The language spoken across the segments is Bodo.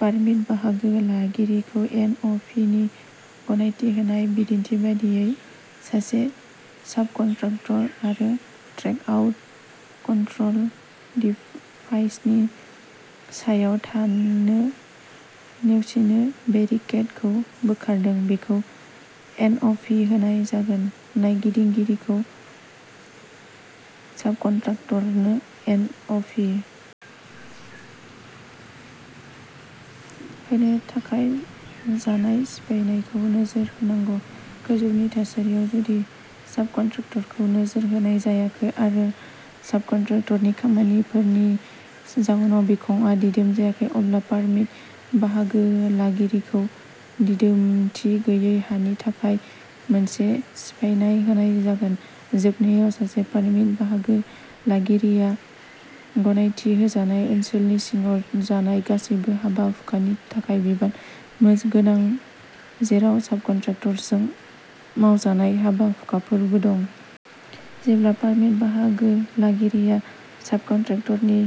पारमिट बाहागो लागिरिखौ एन. अ. भि. नि गनायथि होनाय। बिदिन्थि बायदियै, सासे साबकन्ट्राक्टर आरो ट्रेकआउट कन्ट्रल डिभाइसनि सायाव थांनो नेवसिनो बेरिकेडखौ बोखारदों, बिखौ एन. अ. भि. होनाय जागोन। नायदिंगिरिखौ साबकन्ट्राक्टरनो एन. अ. भि. होनो थाखाय जानाय सिफायनायखौ नोजोर होनांगौ। गोजौनि थासारियाव, जुदि साबकन्ट्राक्टरखौ नोजोर होनाय जायाखै आरो साबकन्ट्राक्टरनि खामानिफोरनि जाउनाव बिखंआ दिदोम जायासै, अब्ला पारमिट बाहागोलागिरिखौ दिदोमथि गैयै हानि थाखाय मोनसे सिफायनाय होनाय जागोन। जोबनायाव, सासे पारमिट बाहागोलागिरिया गनायथि होजानाय ओनसोलनि सिङाव जानाय गासैबो हाबा-हुखानि थाखाय बिबान गोनां जेराव साबकन्ट्राक्टरजों मावजानाय हाबा-हुखाफोरबो दं। जेब्ला पारमिट बाहागोलागिरिया साबकन्ट्राक्टरनि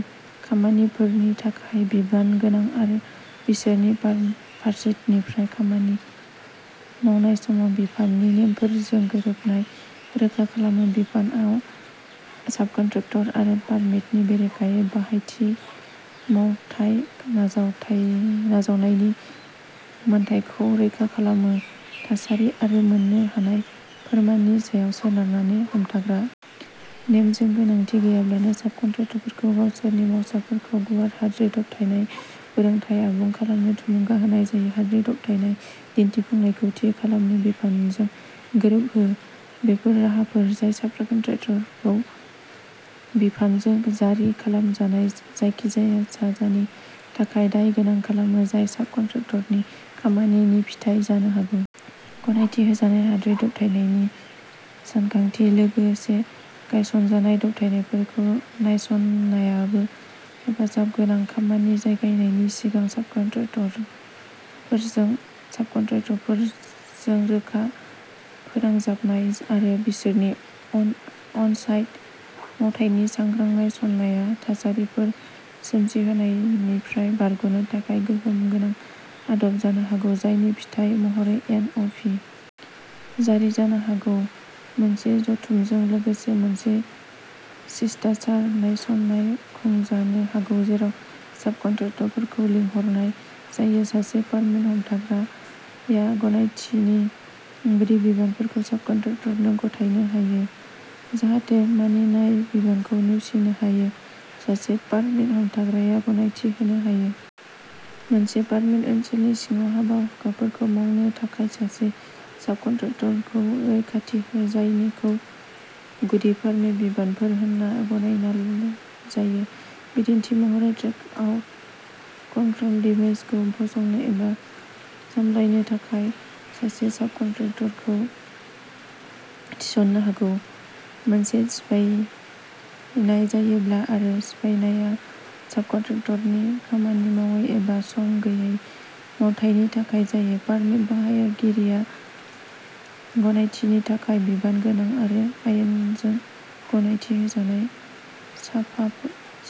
खामानिफोरनि थाखाय बिबान गोनां आरो बिसोरनि फारसेनिफ्राय खामानि मावनाय समाव बिफाननि नेमफोरजों गोरोबनाय रोखा खालामो, बिफानआ साबकन्ट्राक्टर आरो पारमिटनि बेरेखायै बाहायथि मावथाय नाजावनायनि मोन्थाइखौ रैखा खालामो। थासारि आरो मोन्नो हानाय फोरमाननि सायाव सोनारनानै हमथाग्रा। नेमजों गोनांथि गैयाब्लाबो, साबकन्ट्राक्टरफोरखौ गावसोरनि मावसाफोरखौ गुवार हाद्रि दबथायनाय फोरोंथाय आबुं खालामनो थुलुंगा होनाय जायो। हाद्रि दबथायनाय दिन्थिफुंनायखौ थि खालामनो बिफानजों गोरोबहो। बैफोर राहाफोर जाय साबकन्ट्राक्टरखौ बिफानजों जारि खालामजानाय जायखिजाया साजानि थाखाय दाय गोनां खालामो, जाय साबकन्ट्राक्टरनि खामानिनि फिथाय जानो हागौ। गनायथि होजानाय हाद्रि दबथायनायनि सानथांखि, लोगोसे गायसनजानाय दबथायनायफोरखौ नायसंनायाबो हेफाजाब गोनां, खामानि जागायनायनि सिगां साबकन्ट्राक्टरफोरजों। साबकन्ट्राक्टरफोरजों रोखा फोनांजाबनाय आरो बिसोरनि अन अन-साइट मावथायनि सांग्रां नायसंनाया थासारिफोर सोमजिहोनायनिफ्राय बारग'नो थाखाय गोहोम गोनां आदब जानो हागौ, जायनि फिथाय महरै एन.अ.भि जारि जानो हागौ। मोनसे जथुमजों लोगोसे मोनसे शिष्टाचार नायसंनाय खुंजानो हागौ जेराव साबकन्ट्राक्टरफोरखौ लिंहरनाय जायो। सासे पारमिट हमथाग्राया गनायथिनि गुदि बिबानफोरखौ साबकन्ट्राक्टरनो गथायनो हाया, जाहाथे मानिनाय बिबानखौ नेवसिनो हायो। सासे पारमिट हमथाग्राया गनायथि होनो हायो। मोनसे पारमिट ओनसोलनि सिङाव हाबा-हुखाफोरखौ मावनो थाखाय सासे साबकन्ट्रेक्टरखौ रैखाथि हो जायखौ गुदि पारमिट बिबानफोर होनना गनायनाय जायो। बिदिन्थि महरै, ट्रेकआउट कन्ट्रल डिभाइसखौ फसंनो एबा सामलायनो थाखाय सासे साबकन्ट्रेक्टरखौ थिसननो हागौ। मोनसे सिफायनाय जायोब्ला आरो सिफायनायआ साबकन्ट्रेक्टरनि खामानि मावै एबा सम गैयै मावथायनि थाखाय जायो, पारमिट बाहागिरिया गनायथिनि थाखाय बिबान गोनां आरो आयेनजों गनायथि होजानाय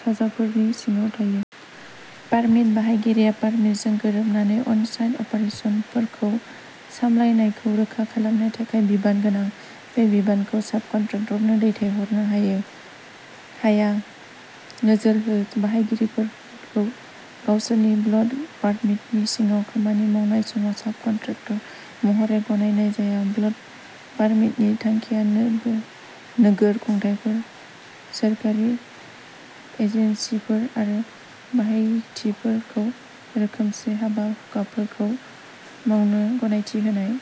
साजाफोरनि सिङाव थायो। पारमिट बाहागिरिया पारमिटजों गोरोबनानै अनसाइट अपारेसनफोरखौ सामलायनायखौ रोखा खालामनो थाखाय बिबान गोनां। बे बिबानखौ साबकन्ट्रेक्टरनो दैथायहरनो हायो हाया। नोजोर होः बाहायथिफोरखौ गावसोरनि ब्लक पारमिटनि सिङाव खामानि मावनाय समाव साबकन्ट्रेक्टर महरै गनायनाय जाया। ब्लक पारमिटनि थांखिया नोगोर खुंथायफोर, सोरखारि एजेन्सिफोर आरो बाहायथिफोरखौ रोखोमसे हाबा-हुखाफोरखौ मावनो गनायथि होनाय।